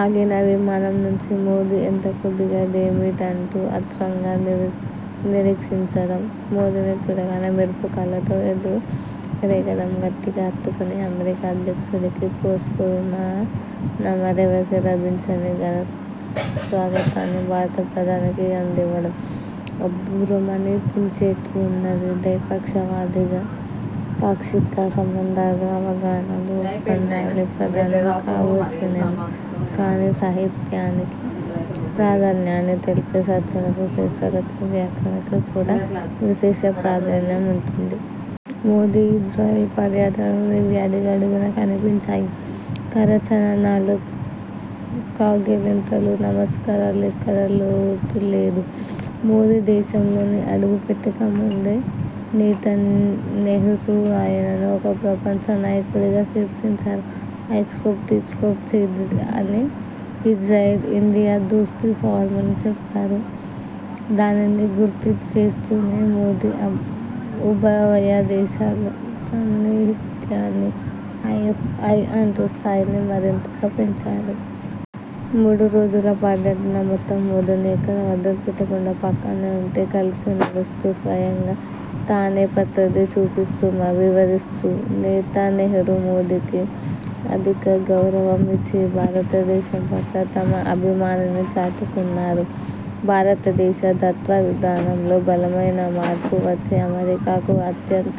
ఆగిన విమానం నుంచి మోదీ ఎంతకూ దిగడేమిటంటూ ఆత్రంగా నిరీక్షించడం, మోదీని చూడగానే మెరుపు కళ్ళతో ఎదురేగడం, గట్టిగా హత్తుకొని, అమెరికా అధ్యక్షుడికీ, పోప్కు వినా మరెవరికీ లభించని ఘనస్వాగతాన్ని భారత ప్రధానికి అందివ్వడం అబ్బురమనిపించేట్టు ఉన్నది. ద్వైపాక్షిక సంబంధాల్లో అవగాహనలు, ఒప్పందాలే ప్రధానం కావచ్చునేమో కానీ, సాహిత్యాన్ని, ప్రాధాన్యాన్ని తెలిపే చర్యలకు, చేష్టలకు, వ్యాఖ్యలకు కూడా విశేష ప్రాధాన్యం ఉంటుంది. మోదీ ఇజ్రాయెల్ పర్యటనలో ఇవి అడుగడుగునా కనిపించాయి. కరచాలనాలూ, కౌగిలింతలు, నమస్కారాలకు ఎక్కడా లోటులేదు. మోదీ దేశంలోకి అడుగుపెట్టకముందే నెతన్యాహూ ఆయనను ఒక ప్రపంచనాయకుడిగా కీర్తించారు. 'ఐ స్క్వేర్ టి స్వ్వేర్' అని ఇజ్రాయెల్, ఇండియా దోస్తీ ఫార్ములా చెప్పారు. దానిని గుర్తుచేస్తూనే, మోదీ ఉభయదేశాల సాన్నిహిత్యాన్ని ఐ ఫర్ ఐ అంటూ స్థాయిని మరింతగా పెంచారు. మూడురోజుల పర్యటనమొత్తం మోదీని ఎక్కడా వదిలిపెట్టకుండా పక్కనే ఉంటే, కలిసినడుస్తూ స్వయంగా తానేప్రతీదీ చూపిస్తూ వివరిస్తూ నెతన్యాహూ మోదీకి అధికగౌరవం ఇచ్చి, భారతదేశం పట్ల తన అభిమానాన్ని చాటుకున్నారు. భారతదేశ దౌత్యవిధానంలో బలమైన మార్పువచ్చి, అమెరికాకు అత్యంత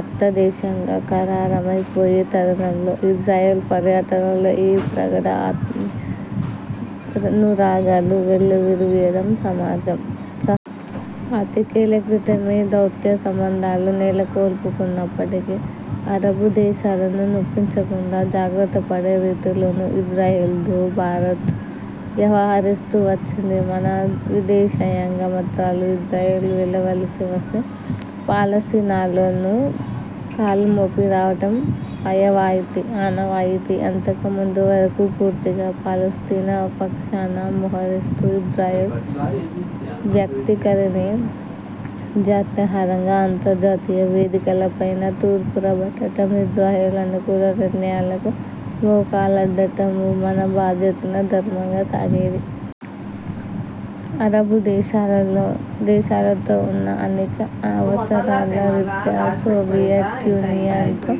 ఆప్తదేశంగా ఖరారైపోయిన తరుణంలో ఇజ్రాయెల్ పర్యటనలో ఈ ప్రగాఢ అత్మీయానురాగాలు వెల్లివిరియడం సహజం. పాతికేళ్ళక్రితమే దౌత్యసంబంధాలు నెలకొల్పుకున్నప్పటికీ అరబ్బుదేశాలను నొప్పించకుండా జాగ్రత్తపడే రీతిలోనే ఇజ్రాయెల్తో భారత్ వ్యవహరిస్తూ వచ్చింది. మన విదేశాంగమంత్రులు ఇజ్రాయెల్ వెళ్ళవలసి వస్తే, పాలస్తీనాలోనూ కాలుమోపి రావడం ఆనవాయితీ. అంతకుముందు వరకూ పూర్తిగా పాలస్తీనా పక్షాన మోహరించి, ఇజ్రాయెల్ వైఖరిని జాత్యాహంకారంగా అంతర్జాతీయ వేదికలపైన తూర్పారబట్టడం, ఇజ్రాయెల్ అనుకూల నిర్ణయాలకు మోకాలడ్డటమూ మన బాధ్యతగా, ధర్మంగా సాగేది. అరబ్బుదేశాలతో ఉన్న అనేక అవసరాల రీత్యా, సోవియట్ యూనియన్తో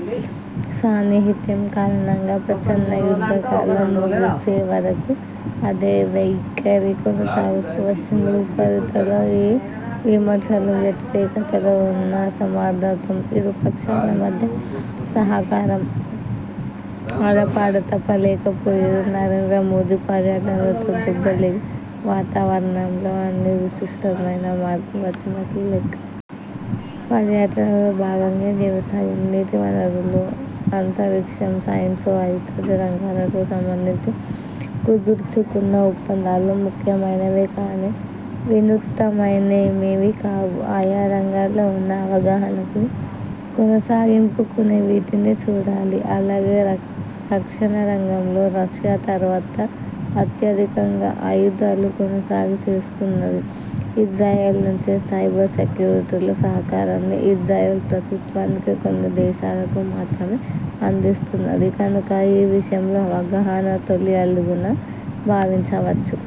సాన్నిహిత్యం కారణంగా ప్రచ్ఛన్నయుద్ధకాలం ముగిసేవరకూ అదే వైఖరి కొనసాగుతూ వచ్చింది. ఉపరితలంలో ఈ విమర్శలూ, వ్యతిరేకతలు ఉన్నా అవసరార్థం ఇరుపక్షాల మధ్యా సహకారం అడపాదడపా లేకపోలేదు. నరేంద్రమోదీ పర్యటనతో డెబ్బయ్యేళ్ళ వాతావరణంలో ఒక విస్పష్టమైన మార్పు వచ్చినట్టు లెక్క. పర్యటనలో భాగంగా వ్యవసాయం, నీటివనరులు, అంతరిక్షం, సైన్స్ ఇత్యాది రంగాలకు సంబంధించి కుదర్చుకున్న ఒప్పందాలు ముఖ్యమైనవే కానీ, వినూత్నమైనవేమీ కాదు. ఆయా రంగాల్లో ఉన్న అవగాహనకు కొనసాగింపుగానే వీటిని చూడాలి. అలాగే, రక్షణరంగంలో రష్యా తరువాత అత్యధికంగా ఆయుధాలు కొనుగోలు చేస్తున్నది ఇజ్రాయెల్ నుంచే. సైబర్ సెక్యూరిటీలో సహకారాన్ని ఇజ్రాయెల్ ప్రస్తుతానికి కొన్ని దేశాలకు మాత్రమే అందిస్తున్నది కనుక ఈ విషయంలో అవగాహన తొలి అడుగున భావించవచ్చు.